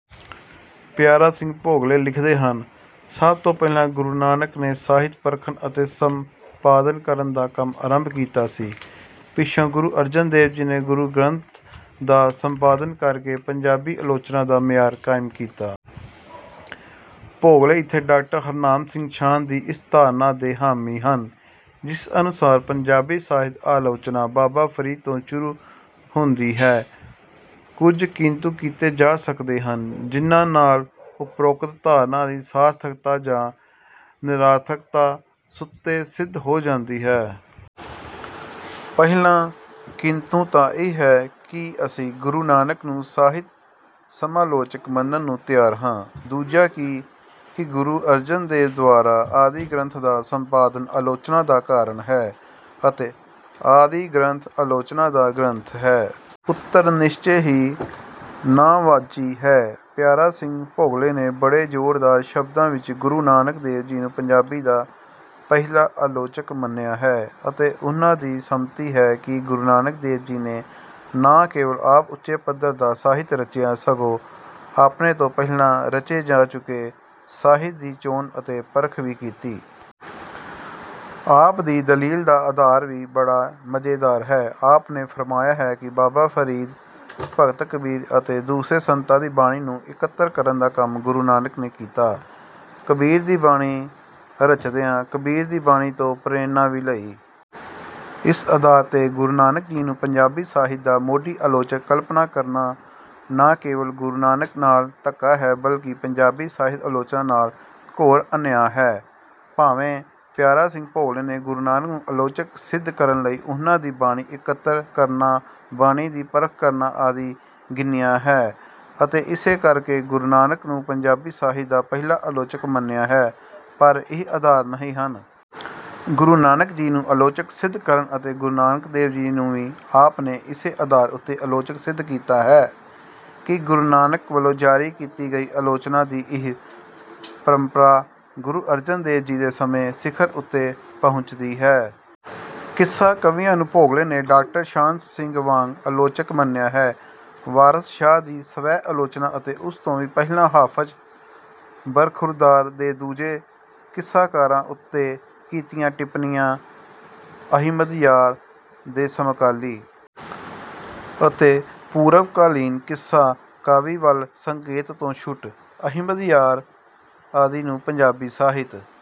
ਪਿਆਰਾ ਸਿੰਘ ਭੋਗਲੇ ਲਿਖਦੇ ਹਨ: ਸਭ ਤੋਂ ਪਹਿਲਾਂ ਗੁਰੂ ਨਾਨਕ ਨੇ ਸਾਹਿਤ-ਪਰਖਣ ਅਤੇ ਸੰਪਾਦਨ ਕਰਨ ਦਾ ਕੰਮ ਆਰੰਭ ਕੀਤਾ ਸੀ। ਪਿੱਛੋਂ ਗੁਰੂ ਅਰਜਨ ਦੇਵ ਜੀ ਨੇ ਗੁਰੂ ਗ੍ਰੰਥ ਦਾ ਸੰਪਾਦਨ ਕਰਕੇ ਪੰਜਾਬੀ ਆਲੋਚਨਾ ਦਾ ਮਿਆਰ ਕਾਇਮ ਕੀਤਾ। ਭੋਗਲੇ ਇੱਥੇ ਡਾਕਟਰ ਹਰਨਾਮ ਸਿੰਘ ਸ਼ਾਨ ਦੀ ਇਸ ਧਾਰਨਾ ਦੇ ਹਾਮੀ ਹਨ, ਜਿਸ ਅਨੁਸਾਰ ਪੰਜਾਬੀ ਸਾਹਿਤ ਆਲੋਚਨਾ ਬਾਬਾ ਫਰੀਦ ਤੋਂ ਸ਼ੁਰੂ ਹੁੰਦੀ ਹੈ। ਕੁਝ ਕਿੰਤੂ ਕੀਤੇ ਜਾ ਸਕਦੇ ਹਨ, ਜਿਨ੍ਹਾਂ ਨਾਲ ਉਪਰੋਕਤ ਧਾਰਨਾ ਦੀ ਸਾਰਥਕਤਾ ਜਾਂ ਨਿਰਾਰਥਕਤਾ ਸੁਤੇ-ਸਿੱਧ ਹੋ ਜਾਂਦੀ ਹੈ। ਪਹਿਲਾ ਕਿੰਤੂ ਤਾਂ ਇਹ ਹੈ ਕਿ ਕੀ ਅਸੀਂ ਗੁਰੂ ਨਾਨਕ ਨੂੰ ਸਾਹਿਤ ਸਮਾਲੋਚਕ ਮੰਨਣ ਨੂੰ ਤਿਆਰ ਹਾਂ? ਦੂਜਾ ਕਿ ਕੀ ਗੁਰੂ ਅਰਜਨ ਦੇਵ ਦੁਆਰਾ ਆਦਿ ਗ੍ਰੰਥ ਦਾ ਸੰਪਾਦਨ ਆਲੋਚਨਾ ਦਾ ਕਾਰਨ ਹੈ ਅਤੇ ਆਦਿ ਗ੍ਰੰਥ ਆਲੋਚਨਾ ਦਾ ਗ੍ਰੰਥ ਹੈ? ਉੱਤਰ ਨਿਸ਼ਚੇ ਹੀ ਨਾਂਹਵਾਚੀ ਹੈ। ਪਿਆਰਾ ਸਿੰਘ ਭੋਗਲੇ ਨੇ ਬੜੇ ਜ਼ੋਰਦਾਰ ਸ਼ਬਦਾਂ ਵਿੱਚ ਗੁਰੂ ਨਾਨਕ ਦੇਵ ਜੀ ਨੂੰ ਪੰਜਾਬੀ ਦਾ ਪਹਿਲਾ ਆਲੋਚਕ ਮੰਨਿਆ ਹੈ ਅਤੇ ਉਹਨਾਂ ਦੀ ਸੰਮਤੀ ਹੈ ਕਿ ਗੁਰੂ ਨਾਨਕ ਦੇਵ ਜੀ ਨੇ ਨਾ ਕੇਵਲ ਆਪ ਉੱਚੇ ਪੱਧਰ ਦਾ ਸਾਹਿਤ ਰਚਿਆ, ਸਗੋਂ ਆਪਣੇ ਤੋਂ ਪਹਿਲਾਂ ਰਚੇ ਜਾ ਚੁੱਕੇ ਸਾਹਿਤ ਦੀ ਚੋਣ ਅਤੇ ਪਰਖ ਵੀ ਕੀਤੀ। ਆਪ ਦੀ ਦਲੀਲ ਦਾ ਆਧਾਰ ਵੀ ਬੜਾ ਮਜ਼ੇਦਾਰ ਹੈ। ਆਪ ਨੇ ਫਰਮਾਇਆ ਹੈ ਕਿ ਬਾਬਾ ਫਰੀਦ, ਭਗਤ ਕਬੀਰ ਅਤੇ ਦੂਸਰੇ ਸੰਤਾਂ ਦੀ ਬਾਣੀ ਨੂੰ ਇਕੱਤਰ ਕਰਨ ਦਾ ਕੰਮ ਗੁਰੂ ਨਾਨਕ ਨੇ ਕੀਤਾ। ਕਬੀਰ ਦੀ ਬਾਣੀ ਰਚਦਿਆਂ ਕਬੀਰ ਦੀ ਬਾਣੀ ਤੋਂ ਪ੍ਰੇਰਨਾ ਵੀ ਲਈ। ਇਸ ਆਧਾਰ 'ਤੇ ਗੁਰੂ ਨਾਨਕ ਜੀ ਨੂੰ ਪੰਜਾਬੀ ਸਾਹਿਤ ਦਾ ਮੋਢੀ ਆਲੋਚਕ ਕਲਪਨਾ ਕਰਨਾ ਨਾ ਕੇਵਲ ਗੁਰੂ ਨਾਨਕ ਨਾਲ ਧੱਕਾ ਹੈ, ਬਲਕਿ ਪੰਜਾਬੀ ਸਾਹਿਤ ਆਲੋਚਨਾ ਨਾਲ ਘੋਰ ਅਨਿਆਂ ਹੈ। ਭਾਵੇਂ ਪਿਆਰਾ ਸਿੰਘ ਭੋਗਲੇ ਨੇ ਗੁਰੂ ਨਾਨਕ ਨੂੰ ਆਲੋਚਕ ਸਿੱਧ ਕਰਨ ਲਈ ਉਹਨਾਂ ਦੀ ਬਾਣੀ ਇਕੱਤਰ ਕਰਨਾ, ਬਾਣੀ ਦੀ ਪਰਖ ਕਰਨਾ ਆਦਿ ਗਿਣਿਆ ਹੈ, ਅਤੇ ਇਸੇ ਕਰਕੇ ਗੁਰੂ ਨਾਨਕ ਨੂੰ ਪੰਜਾਬੀ ਸਾਹਿਤ ਦਾ ਪਹਿਲਾ ਆਲੋਚਕ ਮੰਨਿਆ ਹੈ, ਪਰ ਇਹ ਆਧਾਰ ਨਹੀਂ ਹਨ। ਗੁਰੂ ਨਾਨਕ ਜੀ ਨੂੰ ਆਲੋਚਕ ਸਿੱਧ ਕਰਨ ਅਤੇ ਗੁਰੂ ਅਰਜਨ ਦੇਵ ਜੀ ਨੂੰ ਵੀ ਆਪ ਨੇ ਇਸੇ ਆਧਾਰ ਉੱਤੇ ਆਲੋਚਕ ਸਿੱਧ ਕੀਤਾ ਹੈ ਕਿ ਗੁਰੂ ਨਾਨਕ ਵੱਲੋਂ ਜਾਰੀ ਕੀਤੀ ਗਈ ਆਲੋਚਨਾ ਦੀ ਇਹ ਪ੍ਰੰਪਰਾ ਗੁਰੂ ਅਰਜਨ ਦੇਵ ਜੀ ਦੇ ਸਮੇਂ ਸਿਖਰ ਉੱਤੇ ਪਹੁੰਚਦੀ ਹੈ। ਕਿੱਸਾ ਕਵੀਆਂ ਨੂੰ ਵੀ ਭੋਗਲੇ ਨੇ ਡਾਕਟਰ ਸ਼ਾਨ ਸਿੰਘ ਵਾਂਗ ਆਲੋਚਕ ਮੰਨਿਆ ਹੈ। ਵਾਰਸ ਸ਼ਾਹ ਦੀ ਸਵੈ-ਆਲੋਚਨਾ ਅਤੇ ਉਸ ਤੋਂ ਵੀ ਪਹਿਲਾਂ ਹਾਫ਼ਜ਼ ਬਰਖ਼ੁਰਦਾਰ ਦੇ ਦੂਜੇ ਕਿੱਸਾਕਾਰਾਂ ਉੱਤੇ ਕੀਤੀਆਂ ਟਿੱਪਣੀਆਂ, ਅਹਿਮਦਯਾਰ ਦੇ ਸਮਕਾਲੀ ਅਤੇ ਪੂਰਵਕਾਲੀਨ ਕਿੱਸਾ ਕਾਵਿ ਵੱਲ ਸੰਕੇਤ ਤੋਂ ਛੁੱਟ, ਅਹਿਮਦਯਾਰ ਆਦਿ ਨੂੰ ਪੰਜਾਬੀ ਸਾਹਿਤ